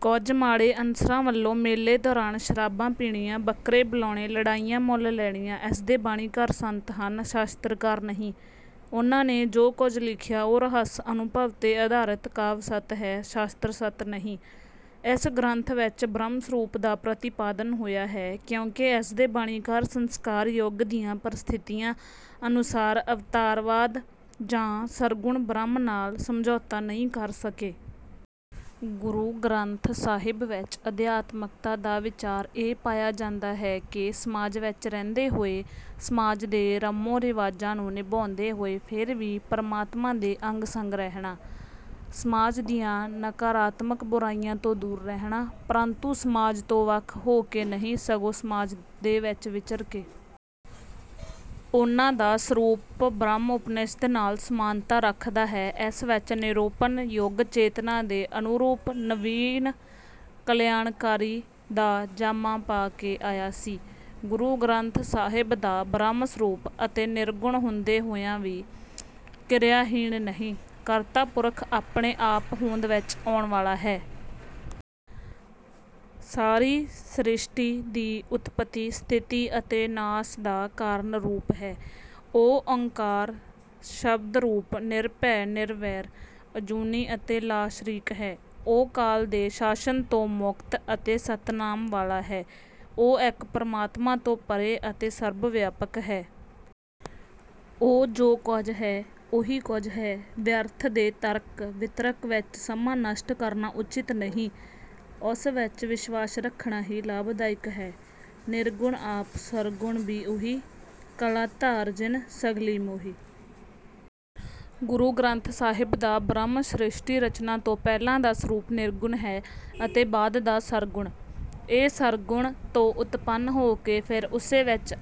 ਕੁਝ ਮਾੜੇ ਅਨਸਰਾਂ ਵੱਲੋਂ ਮੇਲੇ ਦੌਰਾਨ ਸ਼ਰਾਬਾਂ ਪੀਣੀਆਂ, ਬੱਕਰੇ ਬੁਲਾਉਣੇ, ਲੜਾਈਆਂ ਮੁੱਲ ਲੈਣੀਆਂ। ਇਸਦੇ ਬਾਣੀਕਾਰ ਸੰਤ ਹਨ, ਸਾਸ਼ਤਰਕਾਰ ਨਹੀਂ। ਉਨ੍ਹਾਂ ਨੇ ਜੋ ਕੁੱਝ ਲਿਖਿਆ, ਉਹ ਰਹੱਸ-ਅਨੁਭਵ 'ਤੇ ਅਧਾਰਿਤ ਕਾਵਿ-ਸਤਿ ਹੈ, ਸਾਸ਼ਤਰ-ਸਤ ਨਹੀਂ। ਇਸ ਗ੍ਰੰਥ ਵਿਚ ਬ੍ਰਹਮ ਸਰੂਪ ਦਾ ਪ੍ਰਤੀਪਾਦਨ ਹੋਇਆ ਹੈ, ਕਿਉਂਕਿ ਇਸਦੇ ਬਾਣੀਕਾਰ ਸੰਸਕਾਰ ਯੁਗ ਦੀਆਂ ਪਰਿਸਥਿਤੀਆਂ ਅਨੁਸਾਰ ਅਵਤਾਰਵਾਦ ਜਾਂ ਸਰਗੁਣ ਬ੍ਰਹਮ ਨਾਲ ਸਮਝੌਤਾ ਨਹੀਂ ਕਰ ਸਕੇ। ਗੁਰੂ ਗ੍ਰੰਥ ਸਾਹਿਬ ਵਿਚ ਅਧਿਆਤਮਕਤਾ ਦਾ ਵਿਚਾਰ ਇਹ ਪਾਇਆ ਜਾਂਦਾ ਹੈ ਕਿ ਸਮਾਜ ਵਿਚ ਰਹਿੰਦੇ ਹੋਏ, ਸਮਾਜ ਦੇ ਰਮੋਂ-ਰਿਵਾਜਾਂ ਨੂੰ ਨਿਭਾਉਂਦੇ ਹੋਏ ਫਿਰ ਵੀ ਪਰਮਾਤਮਾ ਦੇ ਅੰਗ-ਸੰਗ ਰਹਿਣਾ। ਸਮਾਜ ਦੀਆਂ ਨਾਕਾਰਾਤਮਕ ਬੁਰਾਈਆਂ ਤੋਂ ਦੂਰ ਰਹਿਣਾ, ਪਰੰਤੂ ਸਮਾਜ ਤੋਂ ਵੱਖ ਹੋ ਕੇ ਨਹੀਂ ਸਗੋਂ ਸਮਾਜ ਦੇ ਵਿਚ ਵਿਚਰ ਕੇ। ਉਨ੍ਹਾਂ ਦਾ ਸਰੂਪ ਬ੍ਰਹਮ ਉਪਨਿਸ਼ਦ ਨਾਲ ਸਮਾਨਤਾ ਰੱਖਦਾ ਹੈ। ਇਸ ਵਿਚ ਨਿਰੂਪਣ ਯੁੱਗ ਚੇਤਨਾ ਦੇ ਅਨੁਰੂਪ ਨਵੀਨ ਕਲਿਆਣਕਾਾਰੀ ਦਾ ਜਾਮਾ ਪਾ ਕੇ ਆਇਆ ਸੀ। ਗੁਰੂ ਗ੍ਰੰਥ ਸਾਹਿਬ ਦਾ ਬ੍ਰਹਮ ਸਰੂਪ ਅਤੇ ਨਿਰਗੁਣ ਹੁੰਦੇ ਹੁੰਦੇ ਹੋਇਆਂ ਵੀ ਕਿਰਿਆਹੀਣ ਨਹੀਂ, ਕਰਤਾ ਪੁਰਖ ਆਪਣੇ ਆਪ ਹੋਂਦ ਵਿਚ ਆਉਂਣ ਵਾਲਾ ਹੈ। ਸਾਰੀ ਸਿ੍ਰਸ਼ਟੀ ਦੀ ਉਤਪਤੀ, ਸਥਿਤੀ ਅਤੇ ਨਾਸ ਦਾ ਕਾਰਨ ਰੂਪ ਹੈ। ਉਹ ਓਅੰਕਾਰ, ਸ਼ਬਦ ਰੂਪ, ਨਿਰਭੈ, ਨਿਰਵੈਰ, ਅਜੂਨੀ ਅਤੇ ਲਾ-ਸ਼ਰੀਕ ਹੈ। ਉਹ ਕਾਲ ਦੇ ਸ਼ਾਸ਼ਨ ਤੋਂ ਮੁਕਤ ਅਤੇ ਸਤਿਨਾਮ ਵਾਲਾ ਹੈ। ਉਹ ਇੱਕ ਪਰਮਾਤਮਾ ਤੋਂ ਪਰ੍ਹੇ ਅਤੇ ਸਰਬ-ਵਿਆਪਕ ਹੈ। ਉਹ ਜੋ ਕੁੱਝ ਹੈ, ਉਹੀ ਕੁੱਝ ਹੈ। ਵਿਅਰਥ ਦੇ ਤਰਕ ਵਿਤਰਕ ਵਿਚ ਸਮਾਂ ਨਸ਼ਟ ਕਰਨਾ ਉਚਿਤ ਨਹੀਂ। ਉਸ ਵਿਚ ਵਿਸ਼ਵਾਸ ਰੱਖਣਾ ਹੀ ਲਾਭਦਾਇਕ ਹੈ। ਨਿਰਗੁਣ ਆਪਿ ਸਰਗੁਣੁ ਭੀ ਉਹੀ।। ਕਲਾ ਧਾਰਿ ਜਿਨਿ ਸਗਲੀ ਮੋਹੀ।। ਗੁਰੂ ਗ੍ਰੰਥ ਸਾਹਿਬ ਦਾ ਬ੍ਰਹਮ ਸਿ੍ਰਸ਼ਟੀ ਰਚਨਾ ਤੋਂ ਪਹਿਲਾਂ ਦਾ ਸਰੂਪ ਨਿਰਗੁਣ ਹੈ ਅਤੇ ਬਾਅਦ ਦਾ ਸਰਗੁਣ। ਇਹ ਸਰਗੁਣ ਤੋਂ ਉਤਪੰਨ ਹੋ ਕੇ ਫਿਰ ਉਸੇ ਵਿਚ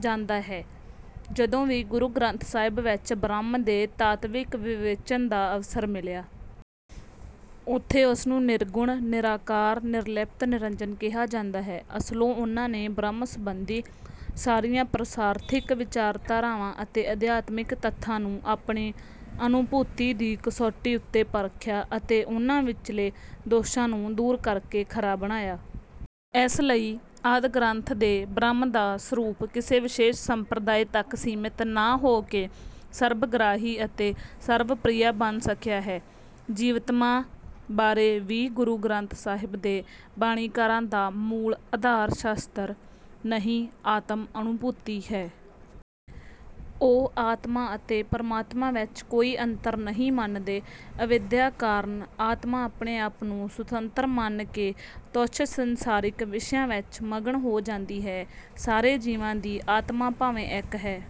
ਜਾਂਦਾ ਹੈ। ਜਦੋਂ ਵੀ ਗੁਰੂ ਗ੍ਰੰਥ ਸਾਹਿਬ ਵਿਚ ਬ੍ਰਹਮ ਦੇ ਤਾਤਵਿਕ ਵਿਵੇਚਨ ਦਾ ਅਵਸਰ ਮਿਲਿਆ। ਉੱਥੇ ਉਸਨੂੰ ਨਿਰਗੁਣ, ਨਿਰਾਕਾਰ, ਨਿਰਲਿਪਤ, ਨਿਰੰਜਨ ਕਿਹਾ ਜਾਂਦਾ ਹੈ। ਅਸਲੋਂ ਉਨ੍ਹਾਂ ਨੇ ਬ੍ਰਹਮ ਸੰਬੰਧੀ ਸਾਰੀਆਂ ਪ੍ਰਰਸਾਰਥਿਕ ਵਿਚਾਰਧਾਰਾਵਾਂ ਅਤੇ ਅਧਿਆਤਮਕ ਤੱਥਾਂ ਨੂੰ ਆਪਣੀ ਅਨੂਭੂਤੀ ਦੀ ਕਸੌਟੀ ਉੱਤੇ ਪਰਖਿਆ ਅਤੇ ਉਨ੍ਹਾਂ ਵਿਚਲੇ ਦੋਸਾਂ ਨੂੰ ਦੂਰ ਕਰਕੇ ਖਰਾ ਬਣਾਇਆ। ਇਸ ਲਈ ਆਦਿ ਗ੍ਰੰਥ ਦੇ ਬ੍ਰਹਮ ਦਾ ਸਰੂਪ ਕਿਸੇ ਵਿਸ਼ੇਸ਼ ਸੰਪਰਦਾਇ ਤੱਕ ਸੀਮਿਤ ਨਾ ਹੋ ਕੇ ਸਰਬਗ੍ਰਾਹੀ ਅਤੇ ਸਰਵ ਪਿ੍ਰਯਾ ਬਣ ਸਕਿਆ ਹੈੇੇ। ਜੀਵਤਮਾ ਬਾਰੇ ਵੀ ਗੁਰੂ ਗ੍ਰੰਥ ਸਾਹਿਬ ਦੇ ਬਾਣੀਕਾਰਾਂ ਦਾ ਮੂਲ ਅਧਾਰ ਸਾਸ਼ਤਰ ਨਹੀਂ, ਆਤਮ ਅਨੂਭੂਤੀ ਹੈ। ਉਹ ਆਤਮਾ ਅਤੇ ਪਰਮਾਤਮਾ ਵਿਚ ਕੋਈ ਅੰਤਰ ਨਹੀਂ ਮੰਨਦੇ। ਅਵਿਦਿਆ ਕਾਰਨ ਆਤਮਾ ਆਪਣੇ ਆਪ ਨੂੰ ਸੁਤੰਤਰ ਮੰਨ ਕੇ ਤੁੱਛ ਸੰਸਾਰਿਕ ਵਿਸ਼ਿਆਂ ਵਿਚ ਮਗਨ ਹੋ ਜਾਂਦੀ ਹੈ। ਸਾਰੇ ਜੀਵਾਂ ਦੀ ਆਤਮਾ ਭਾਵੇਂ ਇਕ ਹੈ,